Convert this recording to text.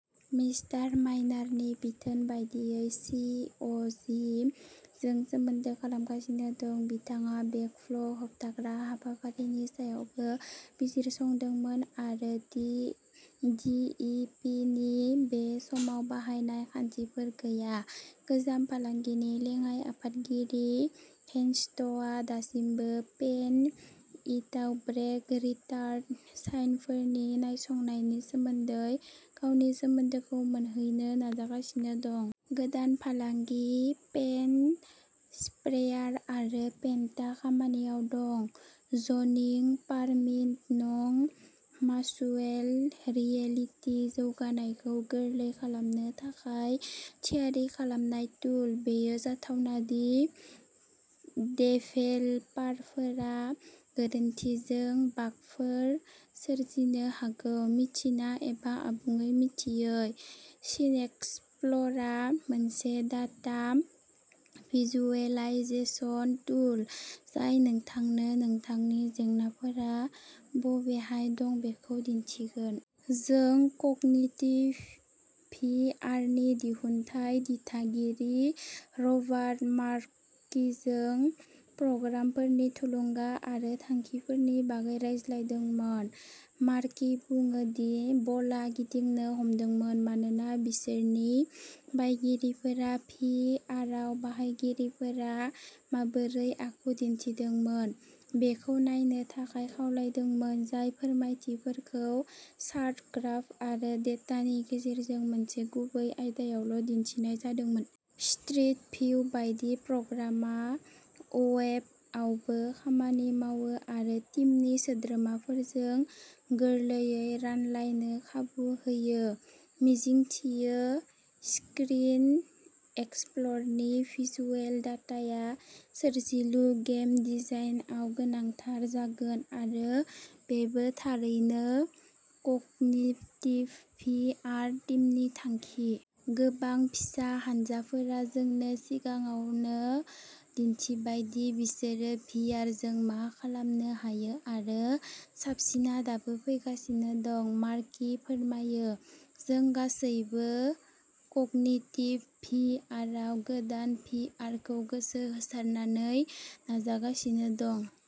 Mister माइनारनि बिथोन बायदियै सि. अ. जि. जों सोमोन्दो खालामगासिनो दं। बिथाङा बेकफ्ल' होबथाग्रा हाबाफारिनि सायावबो बिजिरसंदोंमोन आरो डि. इ. पि. नि बे समाव बाहायनाय खान्थिफोर गैया। गोजाम फालांगिनि लेङाइ आफादगिरि हेनस्टआ दासिमबो पेन इटआव ब्रेक रिटार्ड साइनफोरनि नायसंनायनि सोमोन्दै गावनि सोमोन्दोखौ मोनहैनो नाजागासिनो दं। गोदान फालांगि पेन्ट स्प्रेयार आरो पेन्टआ खामानियाव दं। ज'निं पारमिट नं भार्चुएल रियेलिटि जौगानायखौ गोरलै खालामनो थाखाय थियारि खालामनाय टुल। बेयो जाथावना दि देभेलपारफोरा गोरोन्थिजों बागफोर सोरजिनो हागौ मिथिना एबा आबुङै मिथियै। सिनएक्सप्लरा मोनसे डाटा भिजुएलाइजेसन टुल जाय नोंथांनो नोंथांनि जेंनाफोरा बबेहाय दं बेखौ दिन्थिगोन। जों कगनिटिभ भि आर नि दिहुनथाइ दिथागिरि रबार्ट मार्किजों प्रग्रामफोरनि थुलुंगा आरो थांखिफोरनि बागै रायज्लायदोंमोन। मार्कि बुङो दि बलआ गिदिंनो हमदोंमोन मानोना बिसोरनि बायगिरिफोरा भि आरआव बाहायगिरिफोरा माबोरै आखु दिन्थिदोंमोन बेखौ नायनो थाखाय खावलायदोंमोन, जाय फोरमायथिफोरखौ चार्ट, ग्राफ आरो डेटानि गेजेरजों मोनसे गुबै आयदायावल' दिन्थिनाय जादोंमोन। स्ट्रिट भिउ बायदि, प्रग्रामआ अवेब आवबो खामानि मावो आरो टिमनि सोद्रोमाफोरजों गोरलैयै रानलायनो खाबु होयो। मिजिंथियो, स्क्रिन एक्सप्लरनि भिजुएल डाटाया सोरजिलु गेम डिजाइनआव गोनांथार जागोन आरो बेबो थारैनो कगनिटिभ भि आर टिमनि थांखि। गोबां फिसा हानजाफोरा जोंनो सिगाङावनो दिन्थिबाय दि बिसोरो भि आर जों मा खालामनो हायो आरो साबसिनआ दाबो फैगासिनो दं मार्कि फोरमायो। जों गासैबो कगनिटिभ भि आरआव गोदान भि आरखौ गोसो होसारनानै नाजागासिनो दं।